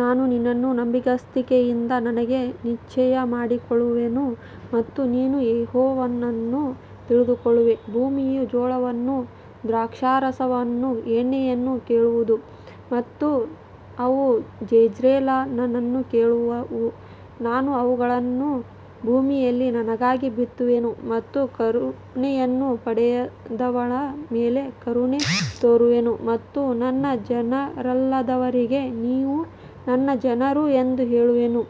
ನಾನು ನಿನ್ನನ್ನು ನಂಬಿಗಸ್ತಿಕೆಯಿಂದ ನನಗೆ ನಿಶ್ಚಯಮಾಡಿಕೊಳ್ಳುವೆನು ಮತ್ತು ನೀನು ಯೆಹೋವನನ್ನು ತಿಳಿದುಕೊಳ್ಳುವೆ. ಭೂಮಿಯು ಜೋಳವನ್ನೂ ದ್ರಾಕ್ಷಾರಸವನ್ನೂ ಎಣ್ಣೆಯನ್ನೂ ಕೇಳುವುದು ಮತ್ತು ಅವು ಜೆಜ್ರೇಲನನ್ನು ಕೇಳುವವು. ನಾನು ಅವಳನ್ನು ಭೂಮಿಯಲ್ಲಿ ನನಗಾಗಿ ಬಿತ್ತುವೆನು ಮತ್ತು ಕರುಣೆಯನ್ನು ಪಡೆಯದವಳ ಮೇಲೆ ಕರುಣೆ ತೋರುವೆನು ಮತ್ತು ನನ್ನ ಜನರಲ್ಲದವರಿಗೆ, ನೀವು ನನ್ನ ಜನರು ಎಂದು ಹೇಳುವೆನು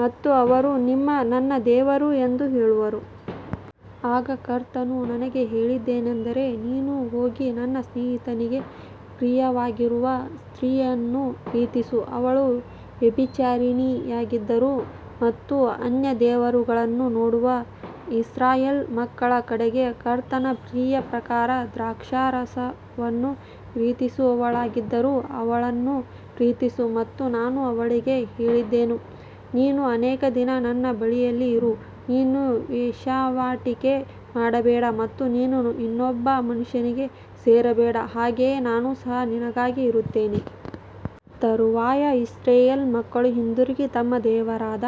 ಮತ್ತು ಅವರು, ನೀನು ನನ್ನ ದೇವರು ಎಂದು ಹೇಳುವರು. ಆಗ ಕರ್ತನು ನನಗೆ ಹೇಳಿದ್ದೇನೆಂದರೆ, ನೀನು ಹೋಗಿ ತನ್ನ ಸ್ನೇಹಿತನಿಗೆ ಪ್ರಿಯವಾಗಿರುವ ಸ್ತ್ರೀಯನ್ನು ಪ್ರೀತಿಸು, ಅವಳು ವ್ಯಭಿಚಾರಿಣಿಯಾಗಿದ್ದರೂ ಮತ್ತು ಅನ್ಯ ದೇವರುಗಳನ್ನು ನೋಡುವ ಇಸ್ರಾಯೇಲ್ ಮಕ್ಕಳ ಕಡೆಗೆ ಕರ್ತನ ಪ್ರೀತಿಯ ಪ್ರಕಾರ ದ್ರಾಕ್ಷಾರಸವನ್ನು ಪ್ರೀತಿಸುವವಳಾಗಿದ್ದರೂ ಅವಳನ್ನು ಪ್ರೀತಿಸು. ಮತ್ತು ನಾನು ಅವಳಿಗೆ ಹೇಳಿದೆನು, ನೀನು ಅನೇಕ ದಿನ ನನ್ನ ಬಳಿಯಲ್ಲಿ ಇರು, ನೀನು ವೇಶ್ಯಾವಾಟಿಕೆ ಮಾಡಬೇಡ ಮತ್ತು ನೀನು ಇನ್ನೊಬ್ಬ ಮನುಷ್ಯನಿಗೆ ಸೇರಬೇಡ, ಹಾಗೆಯೇ ನಾನು ಸಹ ನಿನಗಾಗಿ ಇರುತ್ತೇನೆ. ತರುವಾಯ ಇಸ್ರಾಯೇಲ್ ಮಕ್ಕಳು ಹಿಂದಿರುಗಿ ತಮ್ಮ ದೇವರಾದ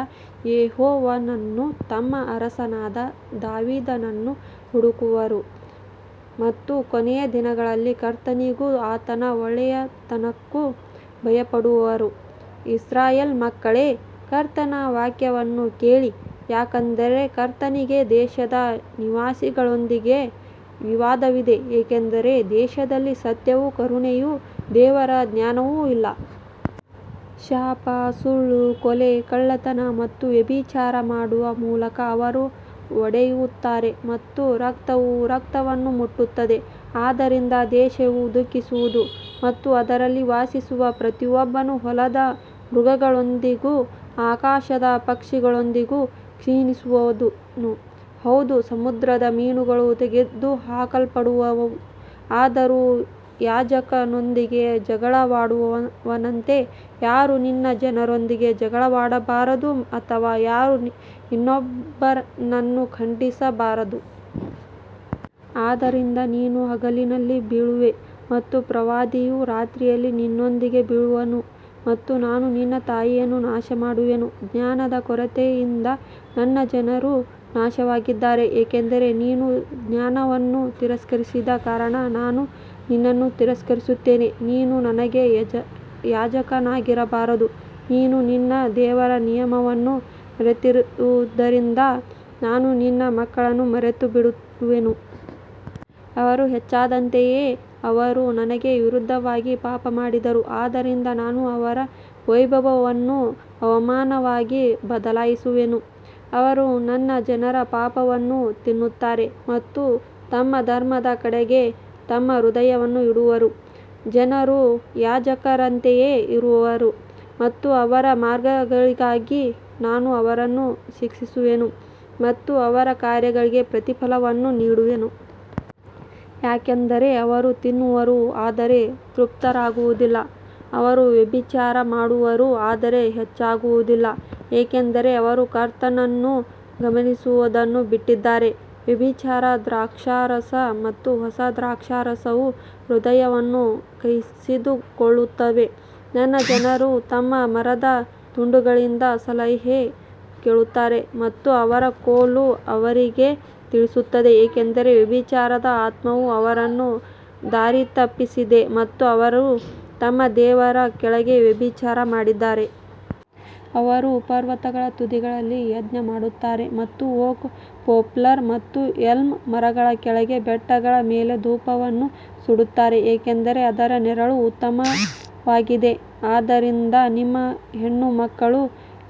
ಯೆಹೋವನನ್ನೂ ತಮ್ಮ ಅರಸನಾದ ದಾವೀದನನ್ನೂ ಹುಡುಕುವರು ಮತ್ತು ಕೊನೆಯ ದಿನಗಳಲ್ಲಿ ಕರ್ತನಿಗೂ ಆತನ ಒಳ್ಳೆಯತನಕ್ಕೂ ಭಯಪಡುವರು. ಇಸ್ರಾಯೇಲ್ ಮಕ್ಕಳೇ, ಕರ್ತನ ವಾಕ್ಯವನ್ನು ಕೇಳಿರಿ, ಯಾಕಂದರೆ ಕರ್ತನಿಗೆ ದೇಶದ ನಿವಾಸಿಗಳೊಂದಿಗೆ ವಿವಾದವಿದೆ, ಏಕೆಂದರೆ ದೇಶದಲ್ಲಿ ಸತ್ಯವೂ ಕರುಣೆಯೂ ದೇವರ ಜ್ಞಾನವೂ ಇಲ್ಲ. ಶಾಪ, ಸುಳ್ಳು, ಕೊಲೆ, ಕಳ್ಳತನ ಮತ್ತು ವ್ಯಭಿಚಾರ ಮಾಡುವ ಮೂಲಕ ಅವರು ಒಡೆಯುತ್ತಾರೆ ಮತ್ತು ರಕ್ತವು ರಕ್ತವನ್ನು ಮುಟ್ಟುತ್ತದೆ. ಆದದರಿಂದ ದೇಶವು ದುಃಖಿಸುವುದು ಮತ್ತು ಅದರಲ್ಲಿ ವಾಸಿಸುವ ಪ್ರತಿಯೊಬ್ಬನು ಹೊಲದ ಮೃಗಗಳೊಂದಿಗೂ ಆಕಾಶದ ಪಕ್ಷಿಗಳೊಂದಿಗೂ ಕ್ಷೀಣಿಸುವನು, ಹೌದು, ಸಮುದ್ರದ ಮೀನುಗಳೂ ತೆಗೆದುಹಾಕಲ್ಪಡುವವು. ಆದರೂ ಯಾಜಕನೊಂದಿಗೆ ಜಗಳವಾಡುವವನಂತೆ ಯಾರೂ ನಿನ್ನ ಜನರೊಂದಿಗೆ ಜಗಳವಾಡಬಾರದು ಅಥವಾ ಯಾರೂ ಇನ್ನೊಬ್ಬನನ್ನು ಖಂಡಿಸಬಾರದು. ಆದದರಿಂದ ನೀನು ಹಗಲಿನಲ್ಲಿ ಬೀಳುವೆ ಮತ್ತು ಪ್ರವಾದಿಯೂ ರಾತ್ರಿಯಲ್ಲಿ ನಿನ್ನೊಂದಿಗೆ ಬೀಳುವನು ಮತ್ತು ನಾನು ನಿನ್ನ ತಾಯಿಯನ್ನು ನಾಶಮಾಡುವೆನು. ಜ್ಞಾನದ ಕೊರತೆಯಿಂದ ನನ್ನ ಜನರು ನಾಶವಾಗಿದ್ದಾರೆ, ಏಕೆಂದರೆ ನೀನು ಜ್ಞಾನವನ್ನು ತಿರಸ್ಕರಿಸಿದ ಕಾರಣ ನಾನು ನಿನ್ನನ್ನು ತಿರಸ್ಕರಿಸುತ್ತೇನೆ, ನೀನು ನನಗೆ ಯಾಜಕನಾಗಿರಬಾರದು. ನೀನು ನಿನ್ನ ದೇವರ ನಿಯಮವನ್ನು ಮರೆತಿರುವುದರಿಂದ ನಾನು ನಿನ್ನ ಮಕ್ಕಳನ್ನೂ ಮರೆತುಬಿಡುವೆನು. ಅವರು ಹೆಚ್ಚಾದಂತೆಯೇ ಅವರು ನನಗೆ ವಿರುದ್ಧವಾಗಿ ಪಾಪಮಾಡಿದರು, ಆದ್ದರಿಂದ ನಾನು ಅವರ ವೈಭವವನ್ನು ಅವಮಾನವಾಗಿ ಬದಲಾಯಿಸುವೆನು. ಅವರು ನನ್ನ ಜನರ ಪಾಪವನ್ನು ತಿನ್ನುತ್ತಾರೆ ಮತ್ತು ತಮ್ಮ ಅಧರ್ಮದ ಕಡೆಗೆ ತಮ್ಮ ಹೃದಯವನ್ನು ಇಡುವರು. ಜನರು ಯಾಜಕರಂತೆಯೇ ಇರುವರು ಮತ್ತು ಅವರ ಮಾರ್ಗಗಳಿಗಾಗಿ ನಾನು ಅವರನ್ನು ಶಿಕ್ಷಿಸುವೆನು ಮತ್ತು ಅವರ ಕಾರ್ಯಗಳಿಗೆ ಪ್ರತಿಫಲವನ್ನು ನೀಡುವೆನು. ಯಾಕಂದರೆ ಅವರು ತಿನ್ನುವರು, ಆದರೆ ತೃಪ್ತರಾಗುವುದಿಲ್ಲ. ಅವರು ವ್ಯಭಿಚಾರ ಮಾಡುವರು, ಆದರೆ ಹೆಚ್ಚಾಗುವುದಿಲ್ಲ, ಏಕೆಂದರೆ ಅವರು ಕರ್ತನನ್ನು ಗಮನಿಸುವುದನ್ನು ಬಿಟ್ಟಿದ್ದಾರೆ. ವ್ಯಭಿಚಾರ, ದ್ರಾಕ್ಷಾರಸ ಮತ್ತು ಹೊಸ ದ್ರಾಕ್ಷಾರಸವು ಹೃದಯವನ್ನು ಕಸಿದುಕೊಳ್ಳುತ್ತವೆ. ನನ್ನ ಜನರು ತಮ್ಮ ಮರದ ತುಂಡುಗಳಿಂದ ಸಲಹೆ ಕೇಳುತ್ತಾರೆ ಮತ್ತು ಅವರ ಕೋಲು ಅವರಿಗೆ ತಿಳಿಸುತ್ತದೆ, ಏಕೆಂದರೆ ವ್ಯಭಿಚಾರದ ಆತ್ಮವು ಅವರನ್ನು ದಾರಿತಪ್ಪಿಸಿದೆ ಮತ್ತು ಅವರು ತಮ್ಮ ದೇವರ ಕೆಳಗೆ ವ್ಯಭಿಚಾರ ಮಾಡಿದ್ದಾರೆ. ಅವರು ಪರ್ವತಗಳ ತುದಿಗಳಲ್ಲಿ ಯಜ್ಞಮಾಡುತ್ತಾರೆ ಮತ್ತು ಓಕ್, ಪೋಪ್ಲರ್ ಮತ್ತು ಎಲ್ಮ್ ಮರಗಳ ಕೆಳಗೆ ಬೆಟ್ಟಗಳ ಮೇಲೆ ಧೂಪವನ್ನು ಸುಡುತ್ತಾರೆ, ಏಕೆಂದರೆ ಅದರ ನೆರಳು ಉತ್ತಮವಾಗಿದೆ. ಆದದರಿಂದ ನಿಮ್ಮ ಹೆಣ್ಣುಮಕ್ಕಳು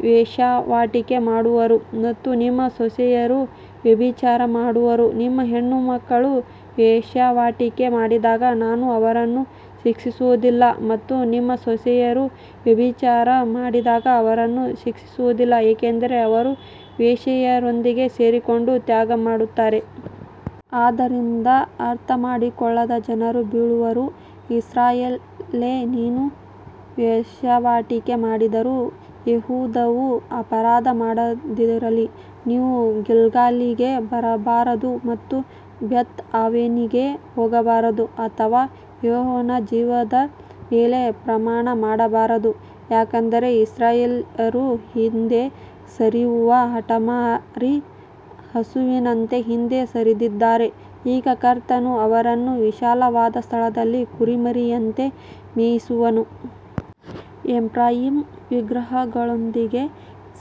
ವೇಶ್ಯಾವಾಟಿಕೆ ಮಾಡುವರು ಮತ್ತು ನಿಮ್ಮ ಸೊಸೆಯರು ವ್ಯಭಿಚಾರ ಮಾಡುವರು. ನಿಮ್ಮ ಹೆಣ್ಣುಮಕ್ಕಳು ವೇಶ್ಯಾವಾಟಿಕೆ ಮಾಡಿದಾಗ ನಾನು ಅವರನ್ನು ಶಿಕ್ಷಿಸುವುದಿಲ್ಲ ಮತ್ತು ನಿಮ್ಮ ಸೊಸೆಯರು ವ್ಯಭಿಚಾರ ಮಾಡಿದಾಗ ಅವರನ್ನು ಶಿಕ್ಷಿಸುವುದಿಲ್ಲ, ಏಕೆಂದರೆ ಅವರು ವೇಶ್ಯೆಯರೊಂದಿಗೆ ಸೇರಿಕೊಂಡು ತ್ಯಾಗಮಾಡುತ್ತಾರೆ. ಆದ್ದರಿಂದ ಅರ್ಥಮಾಡಿಕೊಳ್ಳದ ಜನರು ಬೀಳುವರು. ಇಸ್ರಾಯೇಲೇ, ನೀನು ವೇಶ್ಯಾವಾಟಿಕೆ ಮಾಡಿದರೂ ಯೆಹೂದವು ಅಪರಾಧ ಮಾಡದಿರಲಿ. ನೀವು ಗಿಲ್ಗಾಲಿಗೆ ಬರಬಾರದು ಮತ್ತು ಬೇತ್‌ಆವೆನಿಗೆ ಹೋಗಬಾರದು ಅಥವಾ ಯೆಹೋವನ ಜೀವದ ಮೇಲೆ ಪ್ರಮಾಣ ಮಾಡಬಾರದು. ಯಾಕಂದರೆ ಇಸ್ರಾಯೇಲ್ಯರು ಹಿಂದೆ ಸರಿಯುವ ಹಠಮಾರಿ ಹಸುವಿನಂತೆ ಹಿಂದೆ ಸರಿದಿದ್ದಾರೆ. ಈಗ ಕರ್ತನು ಅವರನ್ನು ವಿಶಾಲವಾದ ಸ್ಥಳದಲ್ಲಿ ಕುರಿಮರಿಯಂತೆ ಮೇಯಿಸುವನು. ಎಫ್ರಾಯೀಮ್ ವಿಗ್ರಹಗಳೊಂದಿಗೆ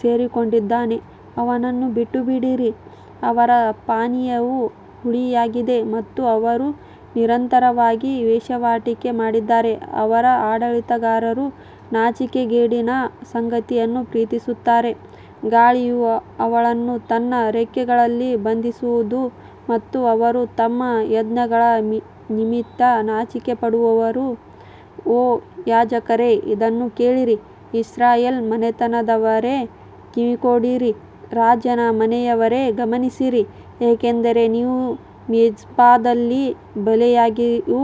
ಸೇರಿಕೊಂಡಿದ್ದಾನೆ, ಅವನನ್ನು ಬಿಟ್ಟುಬಿಡಿರಿ. ಅವರ ಪಾನೀಯವು ಹುಳಿಯಾಗಿದೆ ಮತ್ತು ಅವರು ನಿರಂತರವಾಗಿ ವೇಶ್ಯಾವಾಟಿಕೆ ಮಾಡಿದ್ದಾರೆ. ಅವರ ಆಡಳಿತಗಾರರು ನಾಚಿಕೆಗೇಡಿನ ಸಂಗತಿಯನ್ನು ಪ್ರೀತಿಸುತ್ತಾರೆ. ಗಾಳಿಯು ಅವಳನ್ನು ತನ್ನ ರೆಕ್ಕೆಗಳಲ್ಲಿ ಬಂಧಿಸುವುದು ಮತ್ತು ಅವರು ತಮ್ಮ ಯಜ್ಞಗಳ ನಿಮಿತ್ತ ನಾಚಿಕೆಪಡುವರು. ಓ ಯಾಜಕರೇ, ಇದನ್ನು ಕೇಳಿರಿ, ಇಸ್ರಾಯೇಲ್ ಮನೆತನದವರೇ, ಕಿವಿಗೊಡಿರಿ, ರಾಜನ ಮನೆಯವರೇ, ಗಮನಿಸಿರಿ, ಏಕೆಂದರೆ ನೀವು ಮಿಜ್ಪಾದಲ್ಲಿ ಬಲೆಯಾಗಿಯೂ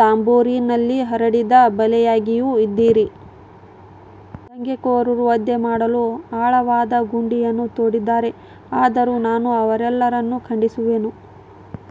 ತಾಬೋರಿನಲ್ಲಿ ಹರಡಿದ ಬಲೆಯಾಗಿಯೂ ಇದ್ದೀರಿ. ದಂಗೆಕೋರರು ವಧೆ ಮಾಡಲು ಆಳವಾದ ಗುಂಡಿಯನ್ನು ತೋಡಿದ್ದಾರೆ, ಆದರೂ ನಾನು ಅವರೆಲ್ಲರನ್ನು ಖಂಡಿಸುವೆನು.